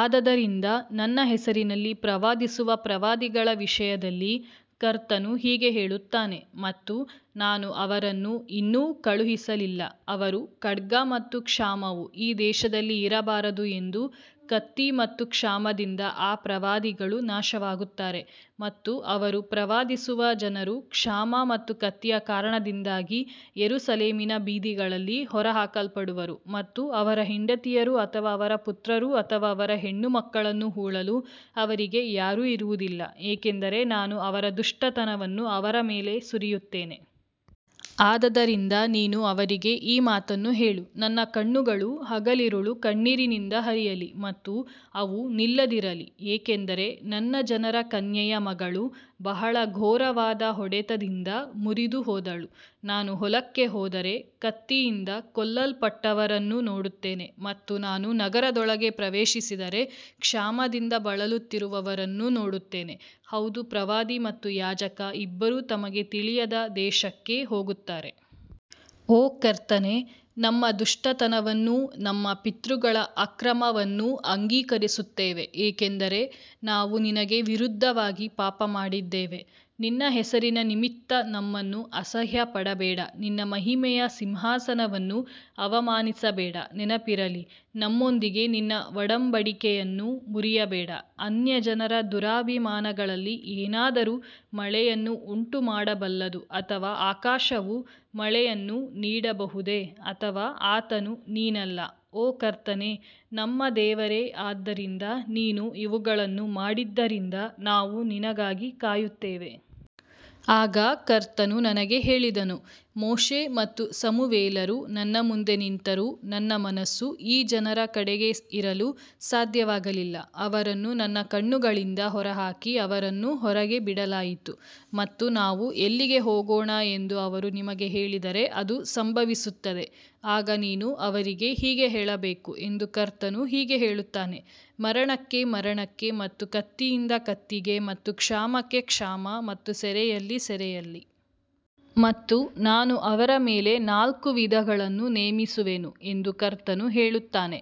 ಆದದರಿಂದ ನನ್ನ ಹೆಸರಿನಲ್ಲಿ ಪ್ರವಾದಿಸುವ ಪ್ರವಾದಿಗಳ ವಿಷಯದಲ್ಲಿ ಕರ್ತನು ಹೀಗೆ ಹೇಳುತ್ತಾನೆ ಮತ್ತು ನಾನು ಅವರನ್ನು ಇನ್ನೂ ಕಳುಹಿಸಲಿಲ್ಲ ಅವರು ಖಡ್ಗ ಮತ್ತು ಕ್ಷಾಮವು ಈ ದೇಶದಲ್ಲಿ ಇರಬಾರದು ಎಂದು ಕತ್ತಿ ಮತ್ತು ಕ್ಷಾಮದಿಂದ ಆ ಪ್ರವಾದಿಗಳು ನಾಶವಾಗುತ್ತಾರೆ. ಮತ್ತು ಅವರು ಪ್ರವಾದಿಸುವ ಜನರು ಕ್ಷಾಮ ಮತ್ತು ಕತ್ತಿಯ ಕಾರಣದಿಂದಾಗಿ ಯೆರೂಸಲೇಮಿನ ಬೀದಿಗಳಲ್ಲಿ ಹೊರಹಾಕಲ್ಪಡುವರು ಮತ್ತು ಅವರ ಹೆಂಡತಿಯರು ಅಥವಾ ಅವರ ಪುತ್ರರು ಅಥವಾ ಅವರ ಹೆಣ್ಣುಮಕ್ಕಳನ್ನು ಹೂಳಲು ಅವರಿಗೆ ಯಾರೂ ಇರುವುದಿಲ್ಲ ಏಕೆಂದರೆ ನಾನು ಅವರ ದುಷ್ಟತನವನ್ನು ಅವರ ಮೇಲೆ ಸುರಿಯುತ್ತೇನೆ. ಆದದರಿಂದ ನೀನು ಅವರಿಗೆ ಈ ಮಾತನ್ನು ಹೇಳು ನನ್ನ ಕಣ್ಣುಗಳು ಹಗಲಿರುಳು ಕಣ್ಣೀರಿನಿಂದ ಹರಿಯಲಿ ಮತ್ತು ಅವು ನಿಲ್ಲದಿರಲಿ ಏಕೆಂದರೆ ನನ್ನ ಜನರ ಕನ್ಯೆಯ ಮಗಳು ಬಹಳ ಘೋರವಾದ ಹೊಡೆತದಿಂದ ಮುರಿದುಹೋದಳು. ನಾನು ಹೊಲಕ್ಕೆ ಹೋದರೆ ಕತ್ತಿಯಿಂದ ಕೊಲ್ಲಲ್ಪಟ್ಟವರನ್ನು ನೋಡುತ್ತೇನೆ ಮತ್ತು ನಾನು ನಗರದೊಳಗೆ ಪ್ರವೇಶಿಸಿದರೆ ಕ್ಷಾಮದಿಂದ ಬಳಲುತ್ತಿರುವವರನ್ನು ನೋಡುತ್ತೇನೆ ಹೌದು ಪ್ರವಾದಿ ಮತ್ತು ಯಾಜಕ ಇಬ್ಬರೂ ತಮಗೆ ತಿಳಿಯದ ದೇಶಕ್ಕೆ ಹೋಗುತ್ತಾರೆ. ಓ ಕರ್ತನೇ ನಮ್ಮ ದುಷ್ಟತನವನ್ನೂ ನಮ್ಮ ಪಿತೃಗಳ ಅಕ್ರಮವನ್ನೂ ಅಂಗೀಕರಿಸುತ್ತೇವೆ ಏಕೆಂದರೆ ನಾವು ನಿನಗೆ ವಿರುದ್ಧವಾಗಿ ಪಾಪಮಾಡಿದ್ದೇವೆ. ನಿನ್ನ ಹೆಸರಿನ ನಿಮಿತ್ತ ನಮ್ಮನ್ನು ಅಸಹ್ಯಪಡಬೇಡ ನಿನ್ನ ಮಹಿಮೆಯ ಸಿಂಹಾಸನವನ್ನು ಅವಮಾನಿಸಬೇಡ ನೆನಪಿರಲಿ ನಮ್ಮೊಂದಿಗೆ ನಿನ್ನ ಒಡಂಬಡಿಕೆಯನ್ನು ಮುರಿಯಬೇಡ. ಅನ್ಯಜನರ ದುರಭಿಮಾನಗಳಲ್ಲಿ ಏನಾದರೂ ಮಳೆಯನ್ನು ಉಂಟುಮಾಡಬಲ್ಲದು ಅಥವಾ ಆಕಾಶವು ಮಳೆಯನ್ನು ನೀಡಬಹುದೇ ಅಥವಾ ಆತನು ನೀನಲ್ಲ ಓ ಕರ್ತನೇ ನಮ್ಮ ದೇವರೇ ಆದ್ದರಿಂದ ನೀನು ಇವುಗಳನ್ನು ಮಾಡಿದ್ದರಿಂದ ನಾವು ನಿನಗಾಗಿ ಕಾಯುತ್ತೇವೆ. ಆಗ ಕರ್ತನು ನನಗೆ ಹೇಳಿದನು ಮೋಶೆ ಮತ್ತು ಸಮುವೇಲರು ನನ್ನ ಮುಂದೆ ನಿಂತರೂ ನನ್ನ ಮನಸ್ಸು ಈ ಜನರ ಕಡೆಗೆ ಇರಲು ಸಾಧ್ಯವಾಗಲಿಲ್ಲ ಅವರನ್ನು ನನ್ನ ಕಣ್ಣುಗಳಿಂದ ಹೊರಹಾಕಿ ಅವರನ್ನು ಹೊರಗೆ ಬಿಡಲಾಯಿತು. ಮತ್ತು ನಾವು ಎಲ್ಲಿಗೆ ಹೋಗೋಣ ಎಂದು ಅವರು ನಿಮಗೆ ಹೇಳಿದರೆ ಅದು ಸಂಭವಿಸುತ್ತದೆ ಆಗ ನೀನು ಅವರಿಗೆ ಹೀಗೆ ಹೇಳಬೇಕು ಎಂದು ಕರ್ತನು ಹೀಗೆ ಹೇಳುತ್ತಾನೆ ಮರಣಕ್ಕೆ ಮರಣಕ್ಕೆ ಮತ್ತು ಕತ್ತಿಯಿಂದ ಕತ್ತಿಗೆ ಮತ್ತು ಕ್ಷಾಮಕ್ಕೆ ಕ್ಷಾಮ ಮತ್ತು ಸೆರೆಯಲ್ಲಿ ಸೆರೆಯಲ್ಲಿ. ಮತ್ತು ನಾನು ಅವರ ಮೇಲೆ ನಾಲ್ಕು ವಿಧಗಳನ್ನು ನೇಮಿಸುವೆನು ಎಂದು ಕರ್ತನು ಹೇಳುತ್ತಾನೆ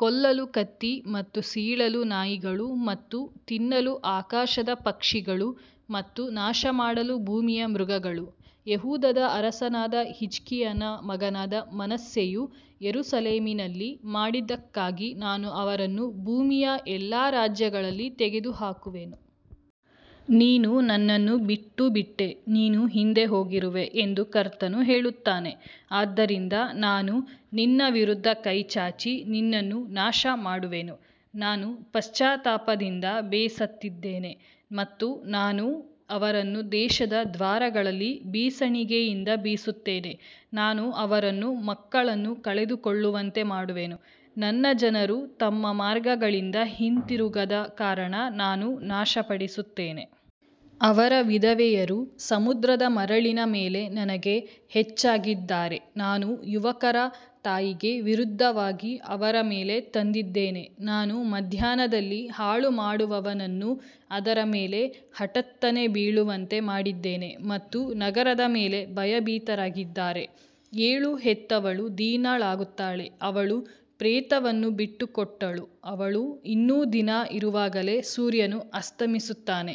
ಕೊಲ್ಲಲು ಕತ್ತಿ ಮತ್ತು ಸೀಳಲು ನಾಯಿಗಳು ಮತ್ತು ತಿನ್ನಲು ಆಕಾಶದ ಪಕ್ಷಿಗಳು ಮತ್ತು ನಾಶಮಾಡಲು ಭೂಮಿಯ ಮೃಗಗಳು. ಯೆಹೂದದ ಅರಸನಾದ ಹಿಜ್ಕೀಯನ ಮಗನಾದ ಮನಸ್ಸೆಯು ಯೆರೂಸಲೇಮಿನಲ್ಲಿ ಮಾಡಿದ್ದಕ್ಕಾಗಿ ನಾನು ಅವರನ್ನು ಭೂಮಿಯ ಎಲ್ಲಾ ರಾಜ್ಯಗಳಲ್ಲಿ ತೆಗೆದುಹಾಕುವೆನು. ನೀನು ನನ್ನನ್ನು ಬಿಟ್ಟುಬಿಟ್ಟೆ ನೀನು ಹಿಂದೆ ಹೋಗಿರುವೆ ಎಂದು ಕರ್ತನು ಹೇಳುತ್ತಾನೆ ಆದ್ದರಿಂದ ನಾನು ನಿನ್ನ ವಿರುದ್ಧ ಕೈ ಚಾಚಿ ನಿನ್ನನ್ನು ನಾಶಮಾಡುವೆನು ನಾನು ಪಶ್ಚಾತ್ತಾಪದಿಂದ ಬೇಸತ್ತಿದ್ದೇನೆ. ಮತ್ತು ನಾನು ಅವರನ್ನು ದೇಶದ ದ್ವಾರಗಳಲ್ಲಿ ಬೀಸಣಿಗೆಯಿಂದ ಬೀಸುತ್ತೇನೆ ನಾನು ಅವರನ್ನು ಮಕ್ಕಳನ್ನು ಕಳೆದುಕೊಳ್ಳುವಂತೆ ಮಾಡುವೆನು ನನ್ನ ಜನರು ತಮ್ಮ ಮಾರ್ಗಗಳಿಂದ ಹಿಂತಿರುಗದ ಕಾರಣ ನಾನು ನಾಶಪಡಿಸುತ್ತೇನೆ. ಅವರ ವಿಧವೆಯರು ಸಮುದ್ರದ ಮರಳಿನ ಮೇಲೆ ನನಗೆ ಹೆಚ್ಚಾಗಿದ್ದಾರೆ ನಾನು ಯುವಕರ ತಾಯಿಗೆ ವಿರುದ್ಧವಾಗಿ ಅವರ ಮೇಲೆ ತಂದಿದ್ದೇನೆ ನಾನು ಮಧ್ಯಾಹ್ನದಲ್ಲಿ ಹಾಳುಮಾಡುವವನನ್ನು ಅದರ ಮೇಲೆ ಹಠಾತ್ತನೆ ಬೀಳುವಂತೆ ಮಾಡಿದ್ದೇನೆ ಮತ್ತು ನಗರದ ಮೇಲೆ ಭಯಭೀತರಾಗಿದ್ದಾರೆ. ಏಳು ಹೆತ್ತವಳು ದೀನಳಾಗುತ್ತಾಳೆ ಅವಳು ಪ್ರೇತವನ್ನು ಬಿಟ್ಟುಕೊಟ್ಟಳು ಅವಳು ಇನ್ನೂ ದಿನ ಇರುವಾಗಲೇ ಸೂರ್ಯನು ಅಸ್ತಮಿಸುತ್ತಾನೆ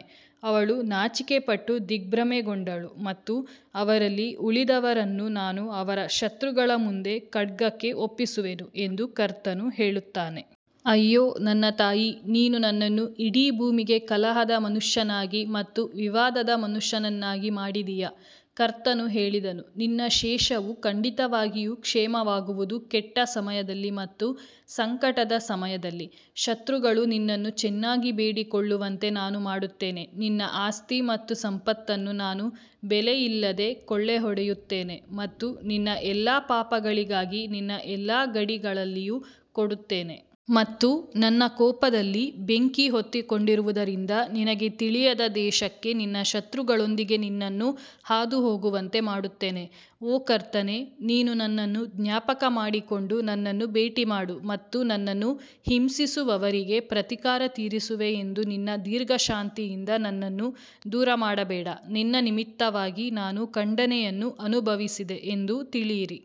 ಅವಳು ನಾಚಿಕೆಪಟ್ಟು ದಿಗ್ಭ್ರಮೆಗೊಂಡಳು ಮತ್ತು ಅವರಲ್ಲಿ ಉಳಿದವರನ್ನು ನಾನು ಅವರ ಶತ್ರುಗಳ ಮುಂದೆ ಖಡ್ಗಕ್ಕೆ ಒಪ್ಪಿಸುವೆನು ಎಂದು ಕರ್ತನು ಹೇಳುತ್ತಾನೆ. ಅಯ್ಯೋ ನನ್ನ ತಾಯಿ ನೀನು ನನ್ನನ್ನು ಇಡೀ ಭೂಮಿಗೆ ಕಲಹದ ಮನುಷ್ಯನಾಗಿ ಮತ್ತು ವಿವಾದದ ಮನುಷ್ಯನನ್ನಾಗಿ ಮಾಡಿದೀಯಾ ಕರ್ತನು ಹೇಳಿದನು ನಿನ್ನ ಶೇಷವು ಖಂಡಿತವಾಗಿಯೂ ಕ್ಷೇಮವಾಗುವುದು ಕೆಟ್ಟ ಸಮಯದಲ್ಲಿ ಮತ್ತು ಸಂಕಟದ ಸಮಯದಲ್ಲಿ ಶತ್ರುಗಳು ನಿನ್ನನ್ನು ಚೆನ್ನಾಗಿ ಬೇಡಿಕೊಳ್ಳುವಂತೆ ನಾನು ಮಾಡುತ್ತೇನೆ. ನಿನ್ನ ಆಸ್ತಿ ಮತ್ತು ಸಂಪತ್ತನ್ನು ನಾನು ಬೆಲೆಯಿಲ್ಲದೆ ಕೊಳ್ಳೆಹೊಡೆಯುತ್ತೇನೆ ಮತ್ತು ನಿನ್ನ ಎಲ್ಲಾ ಪಾಪಗಳಿಗಾಗಿ ನಿನ್ನ ಎಲ್ಲಾ ಗಡಿಗಳಲ್ಲಿಯೂ ಕೊಡುತ್ತೇನೆ. ಮತ್ತು ನನ್ನ ಕೋಪದಲ್ಲಿ ಬೆಂಕಿ ಹೊತ್ತಿಕೊಂಡಿರುವುದರಿಂದ ನಿನಗೆ ತಿಳಿಯದ ದೇಶಕ್ಕೆ ನಿನ್ನ ಶತ್ರುಗಳೊಂದಿಗೆ ನಿನ್ನನ್ನು ಹಾದುಹೋಗುವಂತೆ ಮಾಡುತ್ತೇನೆ. ಓ ಕರ್ತನೇ ನೀನು ನನ್ನನ್ನು ಜ್ಞಾಪಕಮಾಡಿಕೊಂಡು ನನ್ನನ್ನು ಭೇಟಿಮಾಡು ಮತ್ತು ನನ್ನನ್ನು ಹಿಂಸಿಸುವವರಿಗೆ ಪ್ರತೀಕಾರ ತೀರಿಸುವೆ ಎಂದು ನಿನ್ನ ದೀರ್ಘಶಾಂತಿಯಿಂದ ನನ್ನನ್ನು ದೂರಮಾಡಬೇಡ ನಿನ್ನ ನಿಮಿತ್ತವಾಗಿ ನಾನು ಖಂಡನೆಯನ್ನು ಅನುಭವಿಸಿದೆ ಎಂದು ತಿಳಿಯಿರಿ.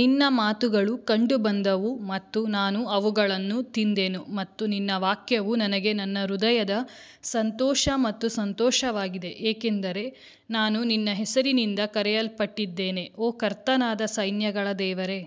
ನಿನ್ನ ಮಾತುಗಳು ಕಂಡುಬಂದವು ಮತ್ತು ನಾನು ಅವುಗಳನ್ನು ತಿಂದೆನು ಮತ್ತು ನಿನ್ನ ವಾಕ್ಯವು ನನಗೆ ನನ್ನ ಹೃದಯದ ಸಂತೋಷ ಮತ್ತು ಸಂತೋಷವಾಗಿದೆ ಏಕೆಂದರೆ ನಾನು ನಿನ್ನ ಹೆಸರಿನಿಂದ ಕರೆಯಲ್ಪಟ್ಟಿದ್ದೇನೆ ಓ ಕರ್ತನಾದ ಸೈನ್ಯಗಳ ದೇವರೇ.